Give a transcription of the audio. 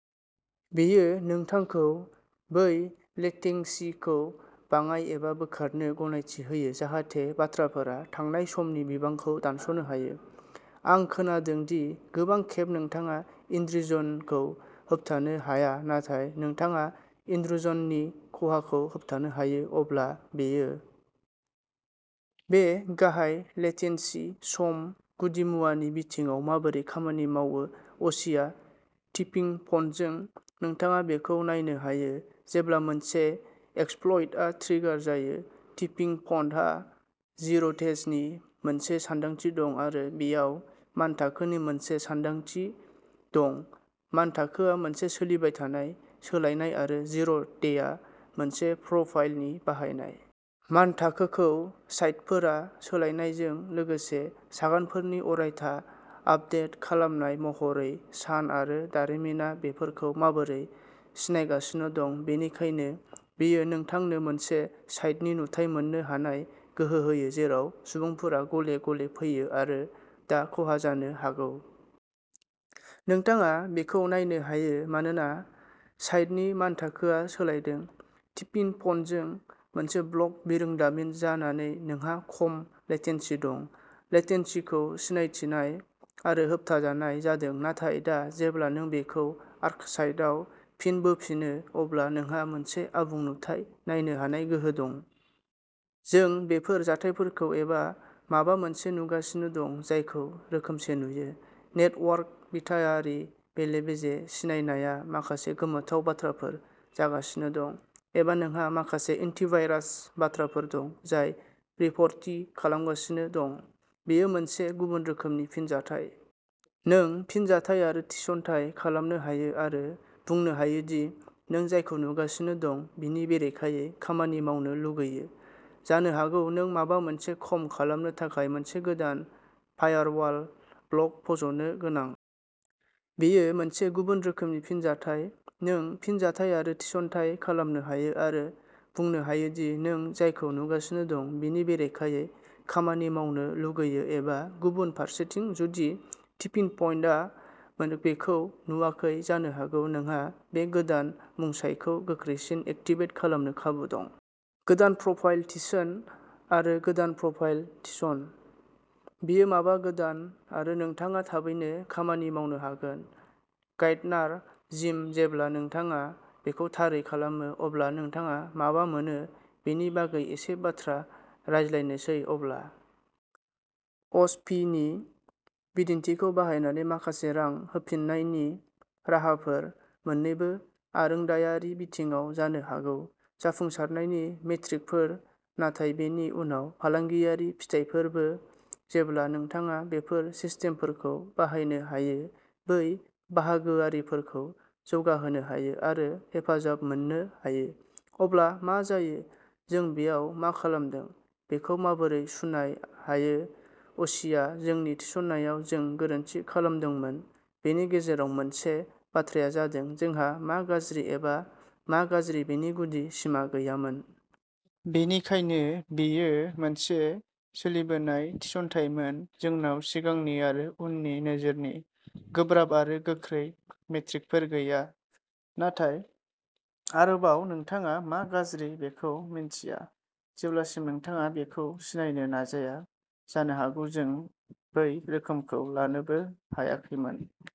बेयो नोंथांखौ बै लेटेंसीखौ बाङाइ एबा बोखारनो गनायथि होयो जाहाथे बाथ्राफोरा थांनाय समनि बिबांखौ दानस'नो हायो। आं खोनादों दि गोबां खेब नोंथाङा इन्ट्रुजनखौ होबथानो हाया नाथाय नोंथाङा इन्ट्रुजननि खहाखौ होबथानो हायो। अब्ला बेयो -- बे गाहाय लेटेंसी सम गुदिमुवानि बिथिङाव माबोरै खामानि मावो अशीया टिपिंप'न्टजों नोंथाङा बेखौ नायनो हायो जेब्ला मोनसे एक्सप्लइटआ ट्रिगार जायो टिपिंप'न्टहा जिर'डेजनि मोनसे सानदांथि दं आरो बेयाव मानथाखोनि मोनसे सानदांथि दं मानथाखोआ मोनसे सोलिबाय थानाय सोलायनाय आरो जिर'डेआ मोनसे प्रफाइलनि बाहायनाय। मानथाखोखौ साइतफोरा सोलायनायजों लोगोसे सागानफोरनि अरायथा आपदेट खालामनाय महरै सान आरो दारिमिनआ बेफोरखौ माबोरै सिनायगासिनो दं। बेनिखायनो बेयो नोंथांनो मोनसे साइटनि नुथाय मोन्नो हानाय गोहो होयो जेराव सुबुंफोरा गले गले फैयो आरो दा खहा जानो हागौ। नोंथाङा बेखौ नायनो हायो मानोना साइटनि मानथाखोआ सोलायदों। टिपिंप'न्टजों मोनसे ब्लक बिरोंदामिन जानानै नोंहा खम लेटेंसी दं लेटेंसीखौ सिनायथिनाय आरो होबथाजानाय जादों नाथाय दा जेब्ला नों बेखौ आर्कसाइटआव फिन बोफिनो अब्ला नोंहा मोनसे आबुं नुथाय नायनो हानाय गोहो दं। जों बेफोर जाथायफोरखौ एबा माबा मोनसे नुगासिनो दं जायखौ रोखोमसे नुयो। नेटवर्क बिथायारि बेले बेजे सिनायनाया माखासे गोमोथाव बाथ्राफोर जागासिनो दं एबा नोंहा माखासे एन्टिभाइरास बाथ्राफोर दं जाय रिपर्टिं खालामगासिनो दं। बेयो मोनसे गुबुन रोखोमनि फिनजाथाय। नों फिनजाथाय आरो थिसनथाइ खालामनो हायो आरो बुंनो हायो दि नों जायखौ नुगासिनो दं बिनि बेरेखायै खामानि मावनो लुगैयो। जानो हागौ नों माबा मोनसे खम खालामनो थाखाय मोनसे गोदान फायारवाल ब्लक फज'नो गोनां। बेयो मोनसे गुबुन रोखोमनि फिनजाथाय। नों फिनजाथाय आरो थिसनथाइ खालामनो हायो आरो बुंनो हायो दि नों जायखौ नुगासिनो दं बिनि बेरेखायै खामानि मावनो लुगैयो एबा गुबुन फारसेथिं जुदि टिपिंपइन्टआ बेखौ नुवाखै जानो हागौ नोंहा बे गोदान मुंसाइखौ गोख्रैसिनै एक्टिभेट खालामनो खाबु दं। गोदान प्रफाइल थिसन आरो गोदान प्रफाइल थिसन। बेयो माबा गोदान आरो नोंथाङा थाबैनो खामानि मावनो हागोन। गार्डनार जिम जेब्ला नोंथाङा बेखौ थारै खालामो अब्ला नोंथाङा मा मोनो बेनि बागै एसे बाथ्रा रायज्लायनोसै अब्ला ओस पि नि बिदिन्थिखौ बाहायनानै माखासे रां होफिन्नायनि राहाफोर मोननैबो आरोंदायारि बिथिङाव जानो हागौ जाफुंसारनायनि मेट्रिकफोर नाथाय बेनि उनाव फालांगियारि फिथायफोरबो जेब्ला नोंथाङा बेफोर सिस्टेमफोरखौ बाहायनो हायो बै बाहागोआरिफोरखौ जौगाहोनो हायो आरो हेफाजाब मोननो हायो अब्ला मा जायो जों बेयाव मा खालामदों बेखौ माबोरै सुनाय हायो अ'शीया जोंनि थिसननायाव जों गोरोन्थि खालामदोंमोन बेनि गेजेराव मोनसे बाथ्राया जादों जोंहा मा गाज्रि एबा मा गाज्रि बेनि गुदि सिमा गैयामोन। बेनिखायनो बेयो मोनसे सोलिबोनाय थिसनथायमोन जोंनाव सिगांनि आरो उननि नोजोरनि गोब्राब आरो गोख्रै मेट्रिकफोर गैया। नाथाय आरोबाव नोंथाङा मा गाज्रि बेखौ मिन्थिया जेब्लासिम नोंथाङा बेखौ सिनायनो नाजाया। जानो हागौ जों बै रोखोमखौ लानोबो हायाखैमोन।